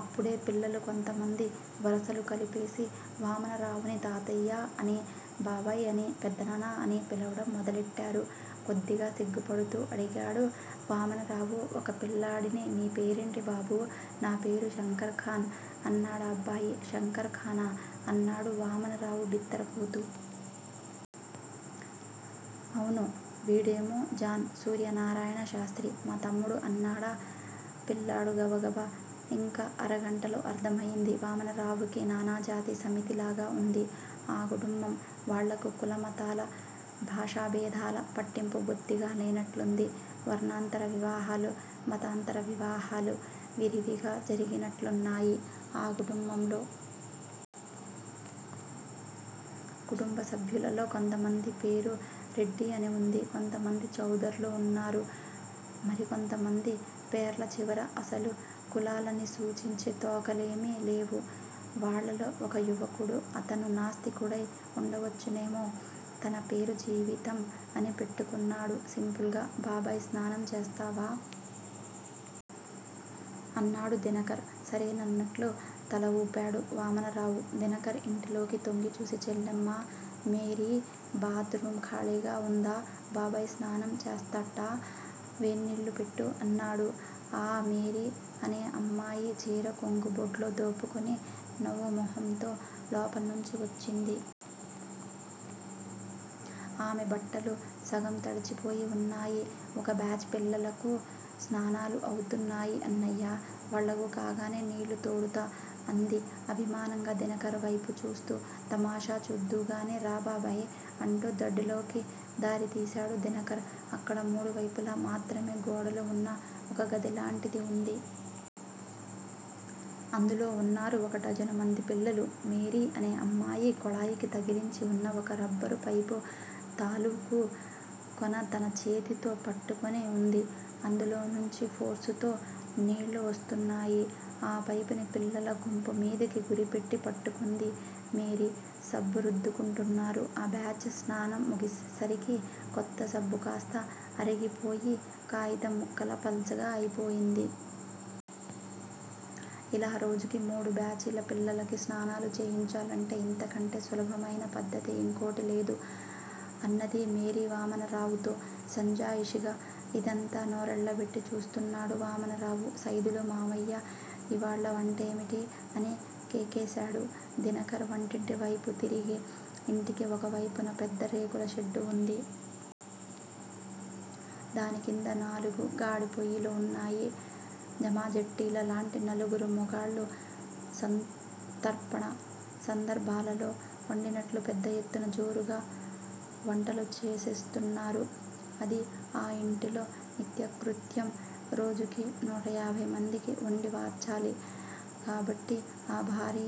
అప్పుడే పిల్లలు కొంతమంది వరసలు కలిపేసి వామనరావుని తాతయ్యాఅనీ, బాబాయ్ అని, పెదనాన్న అనీ పిలవడం మొదలెట్టారు. కొద్దిగా సిగ్గుపడుతూ అడిగాడు వామనరావు ఒక పిల్లాడిని. నీ పేరేంటి బాబూ? నా పేరు శంకర్ ఖాన్! అన్నాడా అబ్బాయి. శంకర్ ఖానా? అన్నాడు వామనరావు బిత్తరపోతూ. అవును! వీడేమో జాన్ సూర్యనారాయణ శాస్త్రి! మా తమ్ముడు అన్నాడా పిల్లాడు గబగబ. ఇంక అరగంటలో అర్ధమయింది వామనరావుకి నానాజాతి సమితిలాగా వుంది ఆ కుటుంబం! వాళ్ళకు కుల మతాల, భాషా భేదాల పట్టింపు బొత్తిగా లేనట్లుంది. వర్ణాంతర వివాహాలు, మతాంతర వివాహాలు విరివిగా జరిగినట్లున్నాయి ఆ కుటుంబంలో! కుటుంబ సభ్యులలో కొంతమంది పేరు రెడ్డి అని వుంది. కొంతమంది చౌదర్లు వున్నారు. మరికొంతమంది పేర్ల చివర అసలు కులాలని సూచించే తోకలేమీ లేవు. వాళ్ళలో ఒక యువకుడు, అతను నాస్తికుడై ఉండవచ్చునేమో, తన పేరు 'జీవితం' అని పెట్టుకున్నాడు సింపుల్ గా! బాబాయ్ స్నానం చేస్తావా? అన్నాడు దినకర్. సరేనన్నట్లు తల వూపాడు వామనరావు. దినకర్ ఇంటిలోకి తొంగిచూసి చెల్లెమ్మా! మేరీ! బాత్ రూం ఖాళీగా వుందా? బాబాయ్ స్నానం చేస్తాట్ట! వేన్నీళ్ళు పెట్టు? అన్నాడు. ఆ మేరీ అనే అమ్మాయి చీర కొంగు బొడ్లో దోపుకుని నవ్వు మొహంతో లోపల్నుంచి వచ్చింది. ఆమె బట్టలు సగం తడిచిపోయి వున్నాయి. ఒక బ్యాచ్ పిల్లలకు స్నానాలు అవుతున్నాయి అన్నయ్యా? వాళ్ళకు కాగానే నీళ్ళు తోడుతా! అంది అభిమానంగా దినకర్ వైపు చూస్తూ. తమాషా చూద్దువుగాని రా బాబాయ్! అంటూ దొడ్డిలోకి దారి తీశాడు దినకర్. అక్కడ మూడు వైపుల మాత్రమే గోడలు వున్న ఒక గదిలాంటిది వుంది. అందులో ఉన్నారు ఒక డజనుమంది పిల్లలు. మేరీ అనే అమ్మాయి కొళాయికి తగిలించివున్న ఒక రబ్బరు పైపు తాలూకు కొన తన చేతితో పట్టుకొని వుంది. అందులోనుంచి ఫోర్సుతో నీళ్ళు వస్తున్నాయి. ఆ పైపుని పిల్లల గుంపు మీదికి గురిపెట్టి పట్టుకుంది మేరీ. సబ్బు రుద్దుకుంటున్నారు ఆ బ్యాచ్ స్నానం ముగిసేసరికి కొత్త సబ్బు కాస్తా అరిగిపోయి కాయితం ముక్కలా పల్చగా అయిపోయింది. ఇలా రోజుకి మూడు బ్యాచ్ ల పిల్లలకి స్నానాలు చేయించాలంటే ఇంతకంటే సులభమయిన పద్దతి ఇంకోటి లేదు! అన్నది మేరీ వామనరావు తో సంజాయిషీగా. ఇదంతా నోరెళ్ళబెట్టి చూస్తున్నాడు వామనరావు. సైదుల మామయ్యా! ఇవాళ వంటేమిటి? అని కేకేశాడు దినకర్ వంటింటివైపు తిరిగి. ఇంటికి ఒక వైపున పెద్ద రేకుల షెడ్డు ఉంది. దానికింద నాలుగు గాడిపొయ్యిలు వున్నాయి. జమాజట్టీల లాంటి నలుగురు మొగాళ్ళు సంతర్పణ సందర్భాలలో వండినట్లు పెద్ద ఎత్తున జోరుగా వంటలు చేసేస్తున్నారు. అది ఆ ఇంటిలో నిత్యకృత్యం. రోజుకి నూటయాభైమందికి వండి వార్చాలి కాబట్టి ఆ భారీ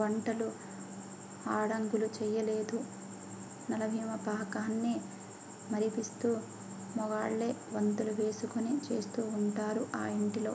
వంటలు ఆడంగులు చెయ్యలేదు. నలభీమపాకాన్ని మరిపిస్తూ, మొగాళ్ళే వంతులు వేసుకుని చేస్తూ వుంటారు ఆ ఇంటిలో.